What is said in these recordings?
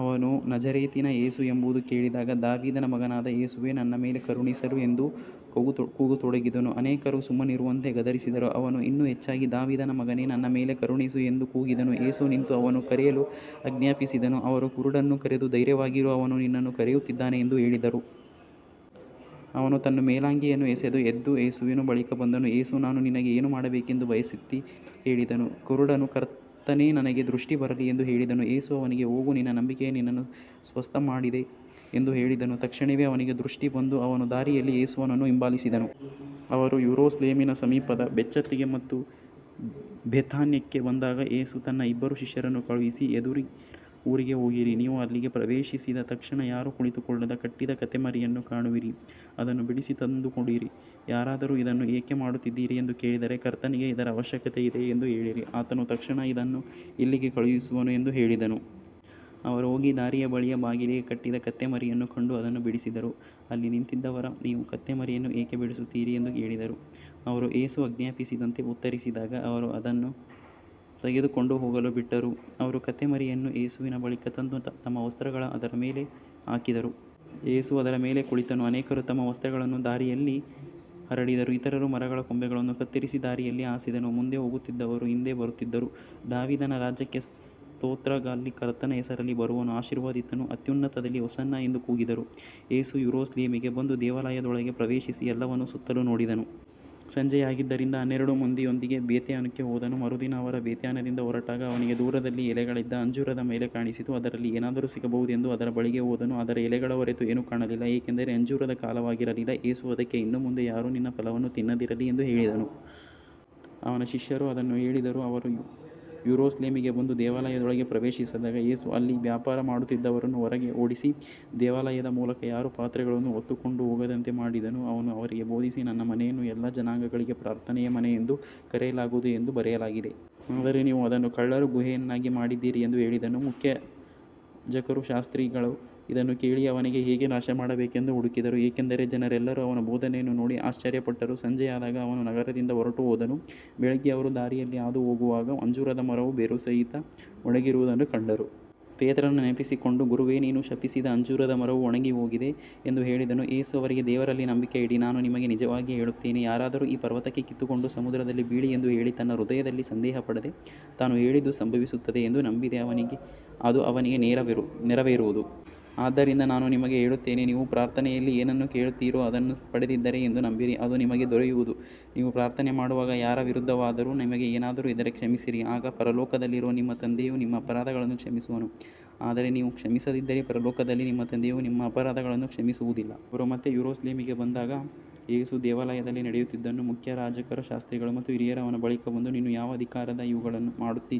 ಅವನು ನಜರೇತಿನ ಯೇಸು ಎಂದು ಕೇಳಿದಾಗ, ದಾವೀದನ ಮಗನಾದ ಯೇಸುವೇ, ನನ್ನ ಮೇಲೆ ಕರುಣಿಸು ಎಂದು ಕೂಗತೊಡಗಿದನು. ಅನೇಕರು ಸುಮ್ಮನಿರುವಂತೆ ಗದರಿಸಿದರೂ, ಅವನು ಇನ್ನೂ ಹೆಚ್ಚಾಗಿ ದಾವೀದನ ಮಗನೇ, ನನ್ನ ಮೇಲೆ ಕರುಣಿಸು ಎಂದು ಕೂಗಿದನು. ಯೇಸು ನಿಂತು ಅವನನ್ನು ಕರೆಯಲು ಆಜ್ಞಾಪಿಸಿದನು. ಅವರು ಕುರುಡನನ್ನು ಕರೆದು, ಧೈರ್ಯವಾಗಿರು, ಅವನು ನಿನ್ನನ್ನು ಕರೆಯುತ್ತಿದ್ದಾನೆ ಎಂದು ಹೇಳಿದರು. ಅವನು ತನ್ನ ಮೇಲಂಗಿಯನ್ನು ಎಸೆದು ಎದ್ದು ಯೇಸುವಿನ ಬಳಿಗೆ ಬಂದನು. ಯೇಸು, ನಾನು ನಿನಗೆ ಏನು ಮಾಡಬೇಕೆಂದು ಬಯಸುತ್ತೀ ಎಂದು ಕೇಳಿದನು. ಕುರುಡನು, ಕರ್ತನೇ, ನನಗೆ ದೃಷ್ಟಿ ಬರಲಿ ಎಂದು ಹೇಳಿದನು. ಯೇಸು ಅವನಿಗೆ, ಹೋಗು, ನಿನ್ನ ನಂಬಿಕೆಯು ನಿನ್ನನ್ನು ಸ್ವಸ್ಥಮಾಡಿದೆ ಎಂದು ಹೇಳಿದನು. ತಕ್ಷಣವೇ ಅವನಿಗೆ ದೃಷ್ಟಿ ಬಂದು ಅವನು ದಾರಿಯಲ್ಲಿ ಯೇಸುವನ್ನು ಹಿಂಬಾಲಿಸಿದನು. ಅವರು ಯೆರೂಸಲೇಮಿನ ಸಮೀಪದ ಬೆತ್ಫಗೆ ಮತ್ತು ಬೆಥಾನ್ಯಕ್ಕೆ ಬಂದಾಗ, ಯೇಸು ತನ್ನ ಇಬ್ಬರು ಶಿಷ್ಯರನ್ನು ಕಳುಹಿಸಿ, ಎದುರಿನ ಊರಿಗೆ ಹೋಗಿರಿ. ನೀವು ಅಲ್ಲಿಗೆ ಪ್ರವೇಶಿಸಿದ ತಕ್ಷಣ ಯಾರೂ ಕುಳಿತುಕೊಳ್ಳದ ಕಟ್ಟಿದ ಕತ್ತೆಮರಿಯನ್ನು ಕಾಣುವಿರಿ. ಅದನ್ನು ಬಿಡಿಸಿ ತಂದುಕೊಡಿರಿ. ಯಾರಾದರೂ, ಇದನ್ನು ಏಕೆ ಮಾಡುತ್ತಿದ್ದೀರಿ ಎಂದು ಕೇಳಿದರೆ, ಕರ್ತನಿಗೆ ಇದರ ಅವಶ್ಯಕತೆಯಿದೆ ಎಂದು ಹೇಳಿರಿ, ಆತನು ತಕ್ಷಣ ಇದನ್ನು ಇಲ್ಲಿಗೆ ಕಳುಹಿಸುವನು ಎಂದು ಹೇಳಿದನು. ಅವರು ಹೋಗಿ ದಾರಿಯ ಬಳಿಯ ಬಾಗಿಲಿಗೆ ಕಟ್ಟಿದ್ದ ಕತ್ತೆಮರಿಯನ್ನು ಕಂಡು ಅದನ್ನು ಬಿಡಿಸಿದರು. ಅಲ್ಲಿ ನಿಂತಿದ್ದವರು, ನೀವು ಕತ್ತೆಮರಿಯನ್ನು ಏಕೆ ಬಿಡಿಸುತ್ತೀರಿ ಎಂದು ಕೇಳಿದರು. ಅವರು ಯೇಸು ಆಜ್ಞಾಪಿಸಿದಂತೆ ಉತ್ತರಿಸಿದಾಗ ಅವರು ಅದನ್ನು ತೆಗೆದುಕೊಂಡು ಹೋಗಲು ಬಿಟ್ಟರು. ಅವರು ಕತ್ತೆಮರಿಯನ್ನು ಯೇಸುವಿನ ಬಳಿಗೆ ತಂದು ತಮ್ಮ ವಸ್ತ್ರಗಳನ್ನು ಅದರ ಮೇಲೆ ಹಾಕಿದರು. ಯೇಸು ಅದರ ಮೇಲೆ ಕುಳಿತನು. ಅನೇಕರು ತಮ್ಮ ವಸ್ತ್ರಗಳನ್ನು ದಾರಿಯಲ್ಲಿ ಹರಡಿದರು, ಇತರರು ಮರಗಳ ಕೊಂಬೆಗಳನ್ನು ಕತ್ತರಿಸಿ ದಾರಿಯಲ್ಲಿ ಹಾಸಿದರು. ಮುಂದೆ ಹೋಗುತ್ತಿದ್ದವರೂ ಹಿಂದೆ ಬರುತ್ತಿದ್ದವರೂ, ದಾವೀದನ ರಾಜ್ಯಕ್ಕೆ ಸ್ತೋತ್ರವಾಗಲಿ, ಕರ್ತನ ಹೆಸರಿನಲ್ಲಿ ಬರುವವನು ಆಶೀರ್ವದಿತನು, ಅತ್ಯುನ್ನತದಲ್ಲಿ ಹೊಸನ್ನಾ ಎಂದು ಕೂಗಿದರು. ಯೇಸು ಯೆರೂಸಲೇಮಿಗೆ ಬಂದು ದೇವಾಲಯದೊಳಗೆ ಪ್ರವೇಶಿಸಿ ಎಲ್ಲವನ್ನೂ ಸುತ್ತಲೂ ನೋಡಿದನು. ಸಂಜೆಯಾಗಿದ್ದರಿಂದ ಹನ್ನೆರಡು ಮಂದಿಯೊಂದಿಗೆ ಬೆಥಾನ್ಯಕ್ಕೆ ಹೋದನು. ಮರುದಿನ ಅವರು ಬೆಥಾನ್ಯದಿಂದ ಹೊರಟಾಗ ಅವನಿಗೆ ದೂರದಲ್ಲಿ ಎಲೆಗಳಿದ್ದ ಅಂಜೂರದ ಮರ ಕಾಣಿಸಿತು. ಅದರಲ್ಲಿ ಏನಾದರೂ ಸಿಗಬಹುದೆಂದು ಅದರ ಬಳಿಗೆ ಹೋದನು. ಆದರೆ ಎಲೆಗಳ ಹೊರತು ಏನೂ ಕಾಣಲಿಲ್ಲ, ಏಕೆಂದರೆ ಅಂಜೂರದ ಕಾಲವಾಗಿರಲಿಲ್ಲ. ಯೇಸು ಅದಕ್ಕೆ, ಇನ್ನು ಮುಂದೆ ಯಾರೂ ನಿನ್ನ ಫಲವನ್ನು ತಿನ್ನದಿರಲಿ ಎಂದು ಹೇಳಿದನು. ಅವನ ಶಿಷ್ಯರು ಅದನ್ನು ಕೇಳಿದರು. ಅವರು ಯೆರೂಸಲೇಮಿಗೆ ಬಂದು ದೇವಾಲಯದೊಳಗೆ ಪ್ರವೇಶಿಸಿದಾಗ, ಯೇಸು ಅಲ್ಲಿ ವ್ಯಾಪಾರ ಮಾಡುತ್ತಿದ್ದವರನ್ನು ಹೊರಗೆ ಓಡಿಸಿ, ದೇವಾಲಯದ ಮೂಲಕ ಯಾರೂ ಪಾತ್ರೆಗಳನ್ನು ಹೊತ್ತುಕೊಂಡು ಹೋಗದಂತೆ ಮಾಡಿದನು. ಅವನು ಅವರಿಗೆ ಬೋಧಿಸಿ, ನನ್ನ ಮನೆಯನ್ನು ಎಲ್ಲಾ ಜನಾಂಗಗಳಿಗೆ ಪ್ರಾರ್ಥನೆಯ ಮನೆ ಎಂದು ಕರೆಯಲಾಗುವುದು ಎಂದು ಬರೆಯಲಾಗಿದೆ. ಆದರೆ ನೀವು ಅದನ್ನು ಕಳ್ಳರ ಗುಹೆಯನ್ನಾಗಿ ಮಾಡಿದ್ದೀರಿ ಎಂದು ಹೇಳಿದನು. ಮುಖ್ಯಯಾಜಕರೂ ಶಾಸ್ತ್ರಿಗಳೂ ಇದನ್ನು ಕೇಳಿ ಅವನನ್ನು ಹೇಗೆ ನಾಶಮಾಡಬೇಕೆಂದು ಹುಡುಕಿದರು, ಏಕೆಂದರೆ ಜನರೆಲ್ಲರೂ ಅವನ ಬೋಧನೆಯನ್ನು ನೋಡಿ ಆಶ್ಚರ್ಯಪಟ್ಟರು. ಸಂಜೆಯಾದಾಗ ಅವನು ನಗರದಿಂದ ಹೊರಟುಹೋದನು. ಬೆಳಿಗ್ಗೆ ಅವರು ದಾರಿಯಲ್ಲಿ ಹಾದುಹೋಗುವಾಗ ಅಂಜೂರದ ಮರವು ಬೇರುಸಹಿತ ಒಣಗಿರುವುದನ್ನು ಕಂಡರು. ಪೇತ್ರನು ನೆನಪಿಸಿಕೊಂಡು, ಗುರುವೇ, ನೀನು ಶಪಿಸಿದ ಅಂಜೂರದ ಮರವು ಒಣಗಿಹೋಗಿದೆ ಎಂದು ಹೇಳಿದನು. ಯೇಸು ಅವರಿಗೆ, ದೇವರಲ್ಲಿ ನಂಬಿಕೆ ಇಡಿ. ನಾನು ನಿಮಗೆ ನಿಜವಾಗಿ ಹೇಳುತ್ತೇನೆ, ಯಾರಾದರೂ ಈ ಪರ್ವತಕ್ಕೆ, ಕಿತ್ತುಕೊಂಡು ಸಮುದ್ರದಲ್ಲಿ ಬೀಳು ಎಂದು ಹೇಳಿ, ತನ್ನ ಹೃದಯದಲ್ಲಿ ಸಂದೇಹಪಡದೆ ತಾನು ಹೇಳಿದ್ದು ಸಂಭವಿಸುತ್ತದೆ ಎಂದು ನಂಬಿದರೆ ಅದು ಅವನಿಗೆ ನೆರವೇರುವುದು. ಆದ್ದರಿಂದ ನಾನು ನಿಮಗೆ ಹೇಳುತ್ತೇನೆ, ನೀವು ಪ್ರಾರ್ಥನೆಯಲ್ಲಿ ಏನನ್ನು ಕೇಳುತ್ತೀರೋ ಅದನ್ನು ಪಡೆದಿದ್ದೀರಿ ಎಂದು ನಂಬಿರಿ, ಅದು ನಿಮಗೆ ದೊರೆಯುವುದು. ನೀವು ಪ್ರಾರ್ಥನೆ ಮಾಡುವಾಗ ಯಾರ ವಿರುದ್ಧವಾದರೂ ನಿಮಗೆ ಏನಾದರೂ ಇದ್ದರೆ ಕ್ಷಮಿಸಿರಿ, ಆಗ ಪರಲೋಕದಲ್ಲಿರುವ ನಿಮ್ಮ ತಂದೆಯೂ ನಿಮ್ಮ ಅಪರಾಧಗಳನ್ನು ಕ್ಷಮಿಸುವನು. ಆದರೆ ನೀವು ಕ್ಷಮಿಸದಿದ್ದರೆ ಪರಲೋಕದಲ್ಲಿರುವ ನಿಮ್ಮ ತಂದೆಯೂ ನಿಮ್ಮ ಅಪರಾಧಗಳನ್ನು ಕ್ಷಮಿಸುವುದಿಲ್ಲ. ಅವರು ಮತ್ತೆ ಯೆರೂಸಲೇಮಿಗೆ ಬಂದಾಗ ಯೇಸು ದೇವಾಲಯದಲ್ಲಿ ನಡೆಯುತ್ತಿದ್ದನು. ಮುಖ್ಯಯಾಜಕರು, ಶಾಸ್ತ್ರಿಗಳು ಮತ್ತು ಹಿರಿಯರು ಅವನ ಬಳಿಗೆ ಬಂದು, ನೀನು ಯಾವ ಅಧಿಕಾರದಿಂದ ಇವುಗಳನ್ನು ಮಾಡುತ್ತೀ,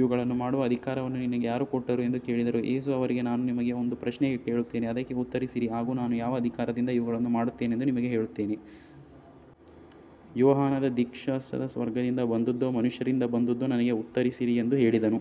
ಇವುಗಳನ್ನು ಮಾಡುವ ಅಧಿಕಾರವನ್ನು ನಿನಗೆ ಯಾರು ಕೊಟ್ಟರು ಎಂದು ಕೇಳಿದರು. ಯೇಸು ಅವರಿಗೆ, ನಾನು ನಿಮಗೆ ಒಂದು ಪ್ರಶ್ನೆ ಕೇಳುತ್ತೇನೆ, ಅದಕ್ಕೆ ಉತ್ತರಿಸಿರಿ, ಆಗ ನಾನು ಯಾವ ಅಧಿಕಾರದಿಂದ ಇವುಗಳನ್ನು ಮಾಡುತ್ತೇನೆಂದು ನಿಮಗೆ ಹೇಳುತ್ತೇನೆ. ಯೋಹಾನನ ದೀಕ್ಷಾಸ್ನಾನವು ಸ್ವರ್ಗದಿಂದ ಬಂದದ್ದೋ ಮನುಷ್ಯರಿಂದ ಬಂದದ್ದೋ. ನನಗೆ ಉತ್ತರಿಸಿರಿ ಎಂದು ಹೇಳಿದನು.